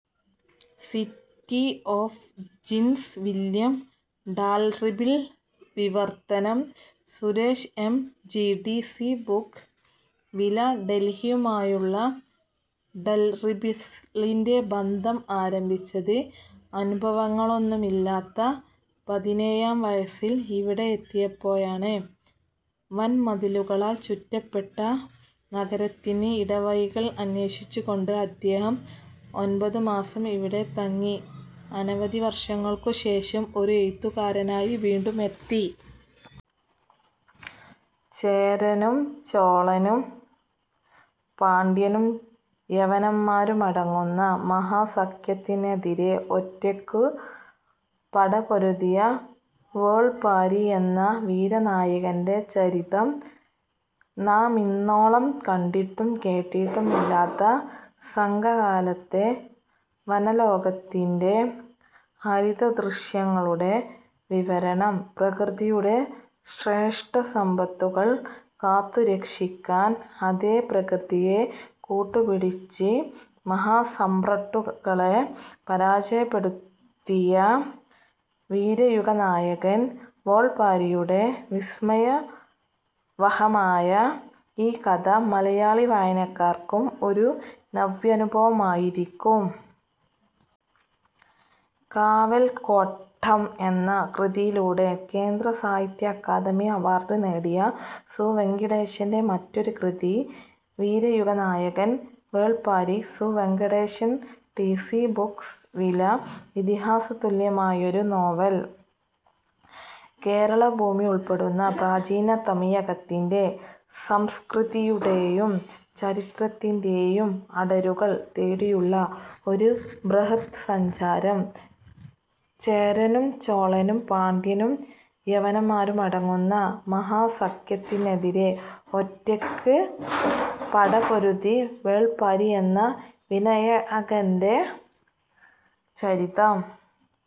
City of Djinns William Dalrymple വിവർത്തനം: Suresh M. G D C Books വില: ഡൽഹിയുമായുള്ള ഡാൽറിമ്പിളിന്റെ ബന്ധം ആരംഭിച്ചത്, അനുഭവങ്ങളൊന്നുമില്ലാത്ത പതിനേഴാം വയസ്സിൽ ഇവിെട എത്തിയപ്പോഴാണ്. വൻമതിലുകളാൽ ചുറ്റപ്പെട്ട നഗരത്തിന്റ് ഇടവഴികൾ അന്വേഷിച്ചുകൊണ്ട് അദ്ദേഹം ഒൻപത് മാസം ഇവിടെ തങ്ങി. അനവധി വർഷങ്ങൾക്കു ശേഷം, ഒരു എഴുത്തുകാരനായി വീണ്ടും എത്തി. ചേരനും ചോളനും പാണ്ഡ്യനും യവനന്മാരുമടങ്ങുന്ന മഹാസഖ്യത്തിനെതിരേ ഒറ്റയ്ക്കു പടപൊരുതിയ വേൾപാരി എന്ന വീരനായകന്റെ ചരിതം. നാമിന്നോളം കണ്ടിട്ടും കേട്ടിട്ടുമില്ലാത്ത സംഘകാലത്തെ വനലോകത്തിന്റെ ഹരിതദൃശ്യങ്ങളുടെ വിവരണം. പ്രകൃതിയുടെ ശ്രേഷ്ഠസമ്പത്തുകൾ കാത്തുരക്ഷിക്കാൻ, അതേ പ്രകൃതിയെ കൂട്ടുപിടിച്ച് മഹാസമ്രാട്ടുകളെ പരാജയപ്പെടുത്തിയ വീരയുഗനായകൻ വേൾപാരിയുടെ വിസ്മയാവഹമായ ഈ കഥ മലയാളിവായനക്കാർക്കും ഒരു നവ്യാനുഭവമായിരിക്കും. കാവൽക്കോട്ടം എന്ന കൃതിയിലൂടെ കേന്ദ്രസാഹിത്യ അക്കാദമി അവാർഡ് നേടിയ സു. വെങ്കിടേശന്റെ മറ്റൊരു കൃതി വീരയുഗനായകൻ Velpari – Su. Venkatesan D C Books വില: ഇതിഹാസതുല്യമായൊരു നോവൽ. കേരളഭൂമിയുൾപ്പെടുന്ന പ്രാചീന തമിഴകത്തിന്റെ സംസ്കൃതിയുടെയും ചരിത്രത്തിന്റെയും അടരുകൾ തേടിയുള്ള ഒരു ബൃഹദ്സഞ്ചാരം. ചേരനും ചോളനും പാണ്ഡ്യനും യവനന്മാരുമടങ്ങുന്ന മഹാസഖ്യത്തിനെതിരേ ഒറ്റയ്ക്കു പടപൊരുതിയ വേൾപാരി എന്ന വീരനായകന്റെ ചരിതം.